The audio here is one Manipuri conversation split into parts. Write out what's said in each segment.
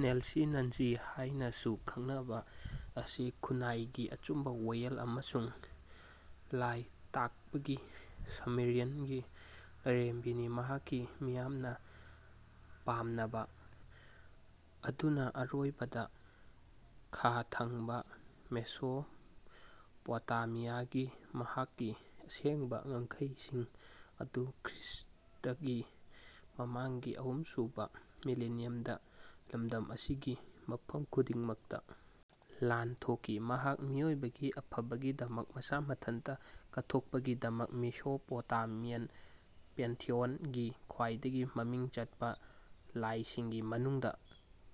ꯅ‌ꯦꯜꯁꯤ ꯅꯥꯟꯖꯤ ꯍꯥꯏꯅꯁꯨ ꯈꯪꯅꯕ ꯑꯁꯤ ꯈꯨꯟꯅꯥꯏꯒꯤ ꯑꯆꯨꯝꯕ ꯋꯥꯌꯦꯜ ꯑꯃꯁꯨꯡ ꯂꯥꯏ ꯇꯥꯛꯄꯒꯤ ꯁꯨꯃꯦꯔꯤꯌꯟꯒꯤ ꯂꯥꯏꯔꯦꯝꯕꯤꯅꯤ ꯃꯍꯥꯛꯀꯤ ꯃꯤꯌꯥꯝꯅ ꯄꯥꯝꯅꯕ ꯑꯗꯨꯅ ꯑꯔꯣꯏꯕꯗ ꯈꯥ ꯊꯪꯕ ꯃꯦꯁꯣꯄꯣꯇꯦꯃꯤꯌꯥꯒꯤ ꯃꯍꯥꯛꯀꯤ ꯑꯁꯦꯡꯕ ꯉꯝꯈꯩꯁꯤꯡ ꯑꯗꯨ ꯈ꯭ꯔꯤꯁ꯭ꯇꯒꯤ ꯃꯃꯥꯡꯒꯤ ꯑꯍꯨꯝꯁꯨꯕ ꯃꯤꯂꯦꯅꯤꯌꯝꯗ ꯂꯝꯗꯝ ꯑꯁꯤꯒꯤ ꯃꯐꯝ ꯈꯨꯗꯤꯡꯃꯛꯇ ꯂꯥꯟꯊꯣꯛꯈꯤ꯫ ꯃꯍꯥꯛ ꯃꯤꯑꯣꯏꯕꯒꯤ ꯑꯐꯕꯒꯤꯗꯃꯛ ꯃꯁꯥ ꯃꯊꯟꯇ ꯀꯠꯊꯣꯛꯄꯒꯤꯗꯃꯛ ꯃꯦꯁꯣꯄꯣꯇꯦꯃꯤꯌꯥꯟ ꯄꯦꯟꯊꯤꯌ‌ꯣꯟꯒꯤ ꯈ꯭ꯋꯥꯏꯗꯒꯤ ꯃꯃꯤꯡ ꯆꯠꯄ ꯂꯥꯏꯁꯤꯡꯒꯤ ꯃꯅꯨꯡꯗ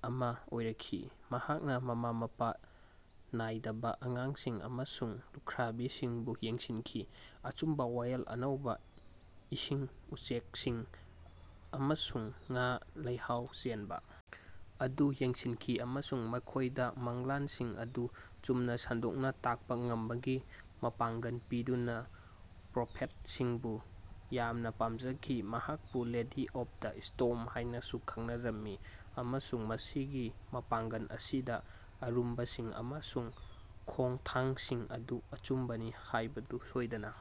ꯑꯃꯥ ꯑꯣꯏꯔꯛꯈꯤ꯫ ꯃꯍꯥꯛꯅ ꯃꯃꯥ ꯃꯄꯥ ꯅꯥꯏꯗꯕ ꯑꯉꯥꯡꯁꯤꯡ ꯑꯃꯁꯨꯡ ꯂꯨꯈ꯭ꯔꯥꯕꯤꯁꯤꯡꯕꯨ ꯌꯦꯡꯁꯤꯟꯈꯤ ꯑꯆꯨꯝꯕ ꯋꯥꯌꯦꯜ ꯑꯅꯧꯕ ꯏꯁꯤꯡ ꯎꯆꯦꯛꯁꯤꯡ ꯑꯃꯁꯨꯡ ꯉꯥ ꯂꯩꯍꯥꯎ ꯆꯦꯟꯕ ꯑꯗꯨ ꯌꯦꯡꯁꯤꯟꯈꯤ ꯑꯃꯁꯨꯡ ꯃꯈꯣꯏꯗ ꯃꯪꯂꯥꯟꯁꯤꯡ ꯑꯗꯨ ꯆꯨꯝꯅ ꯁꯟꯗꯣꯛꯅ ꯇꯥꯛꯄ ꯉꯝꯕꯒꯤ ꯃꯄꯥꯡꯒꯜ ꯄꯤꯗꯨꯅ ꯄ꯭ꯔꯣꯐꯦꯠꯁꯤꯡꯕꯨ ꯌꯥꯝꯅ ꯄꯥꯝꯖꯈꯤ꯫ ꯃꯍꯥꯛꯄꯨ ꯂꯦꯗꯤ ꯑꯣꯐ ꯗ ꯁ꯭ꯇꯣꯔꯝ ꯍꯥꯏꯅꯁꯨ ꯈꯪꯅꯔꯝꯃꯤ ꯑꯃꯁꯨꯡ ꯃꯁꯤꯒꯤ ꯃꯄꯥꯡꯒꯜ ꯑꯁꯤꯗ ꯑꯔꯨꯝꯕꯁꯤꯡ ꯑꯃꯁꯨꯡ ꯈꯣꯡꯊꯥꯡꯁꯤꯡ ꯑꯗꯨ ꯑꯆꯨꯝꯕꯅꯤ ꯍꯥꯏꯕꯗꯨ ꯁꯣꯏꯗꯅ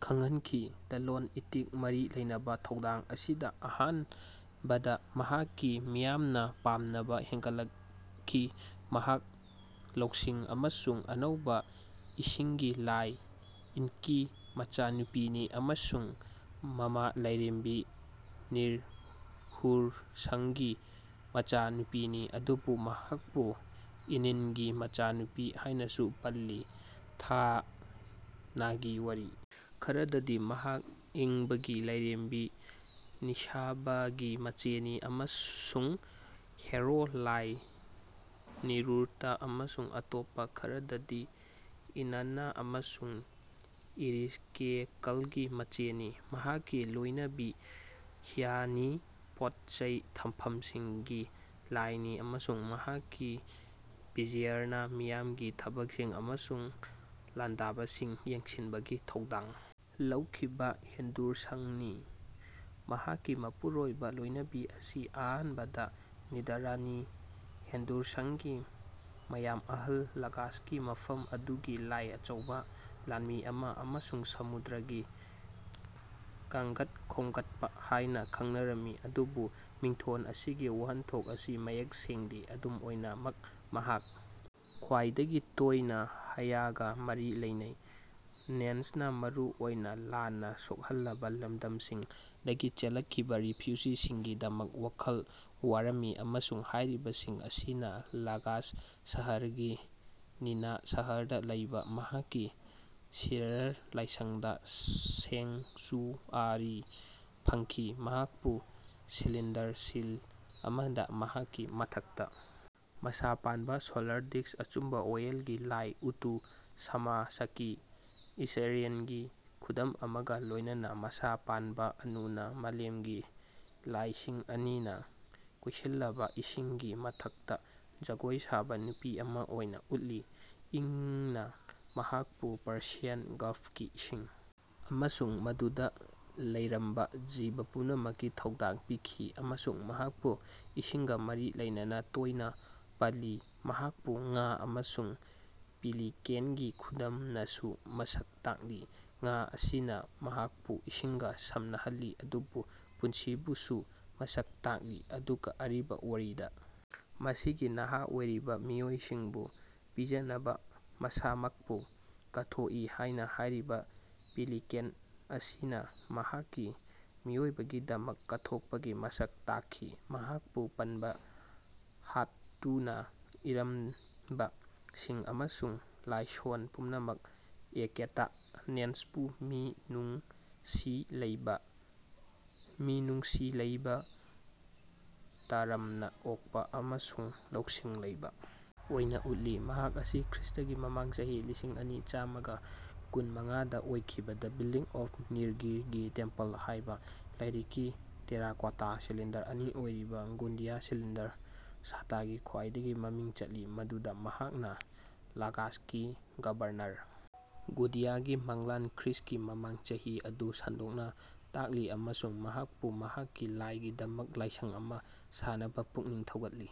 ꯈꯪꯍꯟꯈꯤ꯫ ꯂꯂꯣꯟ ꯏꯇꯤꯛꯀ ꯃꯔꯤ ꯂꯩꯅꯕ ꯊꯧꯗꯥꯡ ꯑꯁꯤꯗ ꯑꯍꯥꯟꯕꯗ ꯃꯍꯥꯛꯀꯤ ꯃꯤꯌꯥꯝꯅ ꯄꯥꯝꯅꯕ ꯍꯦꯟꯒꯠꯂꯛꯈꯤ꯫ ꯃꯍꯥꯛ ꯂꯧꯁꯤꯡ ꯑꯃꯁꯨꯡ ꯑꯅꯧꯕ ꯏꯁꯤꯡꯒꯤ ꯂꯥꯏ ꯑꯦꯟꯀꯤꯒꯤ ꯃꯆꯥꯅꯨꯄꯤꯅꯤ ꯑꯃꯁꯨꯡ ꯃꯃꯥ ꯂꯥꯏꯔꯦꯝꯕꯤ ꯅꯤꯟꯍꯨꯔꯁꯥꯒꯀꯤ ꯃꯆꯥꯅꯨꯄꯤꯅꯤ ꯑꯗꯨꯕꯨ ꯃꯍꯥꯛꯄꯨ ꯑꯦꯟꯂꯤꯜꯒꯤ ꯃꯆꯥꯅꯨꯄꯤ ꯍꯥꯏꯅꯁꯨ ꯄꯜꯂꯤ꯫ ꯊꯥꯏꯅꯒꯤ ꯋꯥꯔꯤ ꯈꯔꯗꯗꯤ ꯃꯍꯥꯛ ꯑꯏꯕꯒꯤ ꯂꯥꯏꯔꯦꯝꯕꯤ ꯅꯤꯁꯥꯕꯥꯒꯤ ꯃꯆꯦꯅꯤ ꯑꯃꯁꯨꯡ ꯍꯤꯔꯣ ꯂꯥꯏ ꯅꯤꯅꯨꯔꯇꯥ ꯑꯃꯁꯨꯡ ꯑꯇꯣꯞꯄ ꯈꯔꯗꯗꯤ ꯏꯅꯥꯟꯅꯥ ꯑꯃꯁꯨꯡ ꯏꯔꯦꯁꯀꯤꯒꯜꯒꯤ ꯃꯆꯦꯅꯤ꯫ ꯃꯍꯥꯛꯀꯤ ꯂꯣꯏꯅꯕꯤ ꯍꯥꯏꯌꯥꯅꯤ ꯄꯣꯠ ꯆꯩ ꯊꯝꯐꯝꯁꯤꯡꯒꯤ ꯂꯥꯏꯅꯤ ꯑꯃꯁꯨꯡ ꯃꯍꯥꯛꯀꯤ ꯚꯤꯖꯤꯌꯔꯅ ꯃꯤꯌꯥꯝꯒꯤ ꯊꯕꯛꯁꯤꯡ ꯑꯃꯁꯨꯡ ꯂꯥꯟꯗꯕꯁꯤꯡ ꯌꯦꯡꯁꯤꯟꯕꯒꯤ ꯊꯧꯗꯥꯡ ꯂꯧꯈꯤꯕ ꯍꯦꯟꯗꯨꯔꯁꯥꯒꯅꯤ꯫ ꯃꯍꯥꯛꯀꯤ ꯃꯄꯨꯔꯣꯏꯕꯂꯣꯏꯅꯕꯤ ꯑꯁꯤ ꯑꯍꯥꯟꯕꯗ ꯅꯤꯟꯗꯥꯔꯥꯅꯤ ꯍꯦꯟꯗꯨꯔꯁꯥꯒꯀꯤ ꯃꯌꯥꯝꯕ ꯑꯍꯜ ꯂꯒꯥꯁꯀꯤ ꯃꯐꯝ ꯑꯗꯨꯒꯤ ꯂꯥꯏ ꯑꯆꯧꯕ ꯂꯥꯟꯃꯤ ꯑꯃ ꯑꯃꯁꯨꯡ ꯁꯃꯨꯗ꯭ꯔꯒꯤ ꯀꯥꯡꯒꯠ ꯈꯣꯝꯒꯠꯄ ꯍꯥꯏꯅ ꯈꯡꯅꯔꯝꯃꯤ ꯑꯗꯨꯕꯨ ꯃꯤꯡꯊꯣꯜ ꯑꯁꯤꯒꯤ ꯋꯥꯍꯟꯊꯣꯛ ꯑꯁꯤ ꯃꯌꯦꯛ ꯁꯦꯡꯗꯦ꯫ ꯑꯗꯨꯝ ꯑꯣꯏꯅꯃꯛ ꯃꯍꯥꯛ ꯈ꯭ꯋꯥꯏꯗꯒꯤ ꯇꯣꯏꯅ ꯍꯥꯏꯌꯥꯒ ꯃꯔꯤ ꯂꯩꯅꯩ꯫ ꯅꯥꯟꯁꯦꯅ ꯃꯔꯨꯑꯣꯏꯅ ꯂꯥꯟꯅ ꯁꯣꯛꯍꯜꯂꯕ ꯂꯝꯗꯝꯁꯤꯡꯗꯒꯤ ꯆꯦꯜꯂꯛꯂꯤꯕ ꯔꯦꯐ꯭ꯌꯨꯖꯤꯁꯤꯡꯒꯤꯗꯃꯛ ꯋꯥꯈꯜ ꯋꯥꯔꯝꯃꯤ ꯑꯃꯁꯨꯡ ꯍꯥꯏꯔꯤꯕꯁꯤꯡ ꯑꯁꯤꯅ ꯂꯒꯥꯁ ꯁꯍꯔꯒꯤ ꯅꯤꯅꯥ ꯁꯍꯔꯗ ꯂꯩꯕ ꯃꯍꯥꯛꯀꯤ ꯁꯤꯔꯥꯔꯥ ꯂꯥꯏꯁꯪꯗ ꯁꯦꯡꯆꯨꯑꯔꯤ ꯐꯪꯈꯤ꯫ ꯃꯍꯥꯛꯄꯨ ꯁꯤꯂꯤꯟꯗꯔ ꯁꯤꯜ ꯑꯃꯗ ꯃꯍꯥꯛꯀꯤ ꯃꯊꯛꯇ ꯃꯁꯥ ꯄꯥꯟꯕ ꯁꯣꯂꯔ ꯗꯤꯁꯛ ꯑꯆꯨꯝꯕ ꯋꯥꯌꯦꯜꯒꯤ ꯂꯥꯏ ꯎꯇꯨ ꯁꯃꯥꯁꯀꯤ ꯑꯁꯤꯔꯤꯌꯟꯒꯤ ꯈꯨꯗꯝ ꯑꯃꯒ ꯂꯣꯏꯅꯅ ꯃꯁꯥ ꯄꯥꯟꯕ ꯑꯅꯨꯅꯥ ꯃꯥꯂꯦꯝꯒꯤ ꯂꯥꯏꯁꯤꯡ ꯑꯅꯤꯅ ꯀꯣꯏꯁꯤꯜꯂꯕ ꯏꯁꯤꯡꯒꯤ ꯃꯊꯛꯇ ꯖꯒꯣꯏ ꯁꯥꯕ ꯅꯨꯄꯤ ꯑꯃ ꯑꯣꯏꯅ ꯎꯠꯂꯤ꯫ ꯏꯪꯅ ꯃꯍꯥꯛꯄꯨ ꯄꯔꯁꯤꯌꯥꯟ ꯒꯜꯐꯀꯤ ꯏꯁꯤꯡ ꯑꯃꯁꯨꯡ ꯃꯗꯨꯗ ꯂꯩꯔꯝꯕ ꯖꯤꯕ ꯄꯨꯝꯅꯃꯛꯀꯤ ꯊꯧꯗꯥꯡ ꯄꯤꯈꯤ ꯑꯃꯁꯨꯡ ꯃꯍꯥꯛꯄꯨ ꯏꯁꯤꯡꯒ ꯃꯔꯤ ꯂꯩꯅꯅ ꯇꯣꯏꯅ ꯄꯜꯂꯤ꯫ ꯃꯍꯥꯛꯄꯨ ꯉꯥ ꯑꯃꯁꯨꯡ ꯄꯦꯂꯤꯀꯥꯟꯒꯤ ꯈꯨꯗꯝꯅꯁꯨ ꯃꯁꯛ ꯇꯥꯛꯂꯤ ꯉꯥ ꯑꯁꯤꯅ ꯃꯍꯥꯛꯄꯨ ꯏꯁꯤꯡꯒ ꯁꯝꯅꯍꯜꯂꯤ ꯑꯗꯨꯕꯨ ꯄꯨꯟꯁꯤꯕꯨꯁꯨ ꯃꯁꯛ ꯇꯥꯛꯂꯤ ꯑꯗꯨꯒ ꯑꯔꯤꯕ ꯋꯥꯔꯤꯗ ꯃꯁꯤꯒꯤ ꯅꯍꯥ ꯑꯣꯏꯔꯤꯕ ꯃꯤꯑꯣꯏꯁꯤꯡꯕꯨ ꯄꯤꯖꯅꯕ ꯃꯁꯥꯃꯛꯄꯨ ꯀꯠꯊꯣꯛꯏ ꯍꯥꯏꯅ ꯍꯥꯏꯔꯤꯕ ꯄꯦꯂꯤꯀꯥꯟ ꯑꯁꯤꯅ ꯃꯍꯥꯛꯀꯤ ꯃꯤꯑꯣꯏꯕꯒꯤꯗꯃꯛ ꯀꯠꯊꯣꯛꯄꯒꯤ ꯃꯁꯛ ꯇꯥꯛꯈꯤ꯫ ꯃꯍꯥꯛꯄꯨ ꯄꯟꯕ ꯍꯛꯇꯨꯅ ꯏꯔꯝꯕꯁꯤꯡ ꯑꯃꯁꯨꯡ ꯂꯥꯏꯁꯣꯟ ꯄꯨꯝꯅꯃꯛꯇ ꯅꯥꯟꯁꯦꯕꯨ ꯃꯤꯅꯨꯡꯁꯤ ꯂꯩꯕ ꯃꯤꯅꯨꯡꯁꯤ ꯂꯩꯕ ꯇꯔꯥꯝꯅ ꯑꯣꯛꯄ ꯑꯃꯁꯨꯡ ꯂꯧꯁꯤꯡ ꯂꯩꯕ ꯑꯣꯏꯅ ꯎꯠꯂꯤ꯫ ꯃꯍꯥꯛ ꯑꯁꯤ ꯈ꯭ꯔꯤꯁ꯭ꯇꯒꯤ ꯃꯃꯥꯡ ꯆꯍꯤ ꯂꯤꯁꯤꯡ ꯑꯅꯤ ꯆꯥꯝꯃꯒ ꯀꯨꯟ ꯃꯉꯥꯗ ꯑꯣꯏꯈꯤꯕ ꯗ ꯕꯤꯜꯗꯤꯡ ꯑꯣꯐ ꯅꯤꯡꯒꯤꯔꯒꯤ ꯇꯦꯝꯄꯜ ꯍꯥꯏꯕ ꯂꯥꯏꯔꯤꯛꯀꯤ ꯇꯦꯔꯥꯀꯣꯇꯥ ꯁꯤꯂꯤꯟꯗꯔ ꯑꯅꯤ ꯑꯣꯏꯔꯤꯕ ꯒꯨꯗꯤꯌꯥ ꯁꯤꯂꯤꯟꯗꯔꯁꯇꯒꯤ ꯈ꯭ꯋꯥꯏꯗꯒꯤ ꯃꯃꯤꯡ ꯆꯠꯂꯤ ꯃꯗꯨꯗ ꯃꯍꯥꯛꯅ ꯂꯒꯥꯁꯀꯤ ꯒꯕꯔꯅꯔ ꯒꯨꯗꯤꯌꯥꯒꯤ ꯃꯪꯂꯥꯟ ꯈ꯭ꯔꯤꯁ꯭ꯇꯒꯤ ꯃꯃꯥꯡ ꯆꯍꯤ ꯑꯗꯨ ꯁꯟꯗꯣꯛꯅ ꯇꯥꯛꯂꯤ ꯑꯃꯁꯨꯡ ꯃꯍꯥꯛꯄꯨ ꯃꯍꯥꯛꯀꯤ ꯂꯥꯏꯒꯤꯗꯃꯛ ꯂꯥꯏꯁꯪ ꯑꯃ ꯁꯥꯅꯕ ꯄꯨꯛꯅꯤꯡ ꯊꯧꯒꯠꯂꯤ꯫